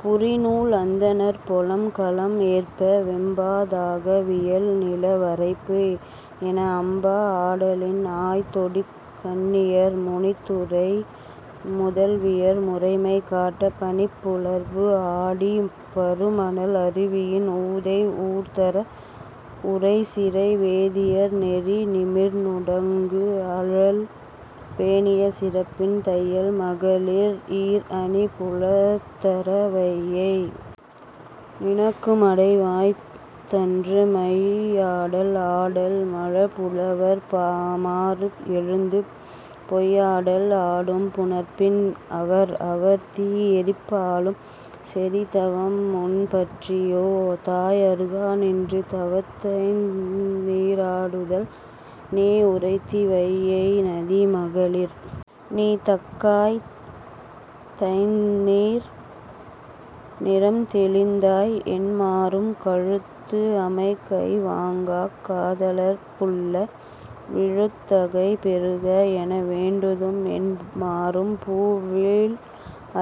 புரி நூல் அந்தணர் பொலம் கலம் ஏற்ப, 'வெம்பாதாக, வியல் நில வரைப்பு! ' என அம்பா ஆடலின் ஆய் தொடிக் கன்னியர், முனித் துறை முதல்வியர் முறைமை காட்ட, பனிப் புலர்பு ஆடி, பரு மணல் அருவியின் ஊதை ஊர்தர, உறை சிறை வேதியர் நெறி நிமிர் நுடங்கு அழல் பேணிய சிறப்பின், தையல் மகளிர் ஈர் அணி புலர்த்தர, வையை! நினக்கு மடை வாய்த்தன்று. மையாடல் ஆடல் மழ புலவர் மாறு எழுந்து, பொய் ஆடல் ஆடும் புணர்ப்பின் அவர், அவர் தீ எரிப் பாலும் செறி தவம் முன் பற்றியோ, தாய் அருகா நின்று தவத் தைந் நீராடுதல்? நீ உரைத்தி, வையை நதி! மகளிர் 'நீ தக்காய், தைந் நீர்! நிறம் தெளிந்தாய்' என்மாரும், ' "கழுத்து அமை கை வாங்காக் காதலர்ப் புல்ல, விழுத் தகை பெறுக! " என வேண்டுதும்' என்மாரும், 'பூ வீழ்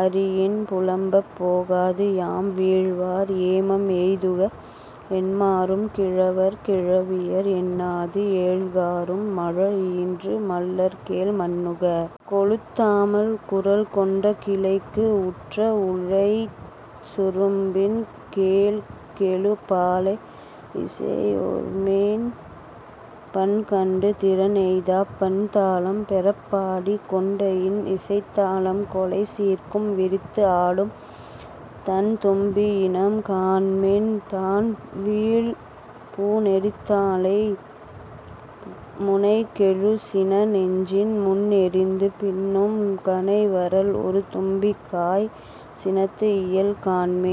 அரியின் புலம்பப் போகாது, யாம் வீழ்வார், ஏமம் எய்துக! ' என்மாரும், ' "கிழவர் கிழவியர்" என்னாது, ஏழ்காறும், மழ ஈன்று மல்லற் கேள் மன்னுக! கொளுத்தாமல், குரல் கொண்ட கிளைக்கு உற்ற உழைச் சுரும்பின் கேழ் கெழு பாலை இசை ஒர்மின்: பண் கண்டு திறன் எய்தாப் பண் தாளம் பெறப் பாடி, கொண்ட இன் இசைத் தாளம் கொளை சீர்க்கும் விரித்து ஆடும் தண் தும்பியினம் காண்மின்: தான் வீழ் பூ நெரித்தாளை முனை கெழு சின நெஞ்சின் முன் எறிந்து, பின்னும், கனை வரல் ஒரு தும்பி காய் சினத்து இயல் காண்மின்.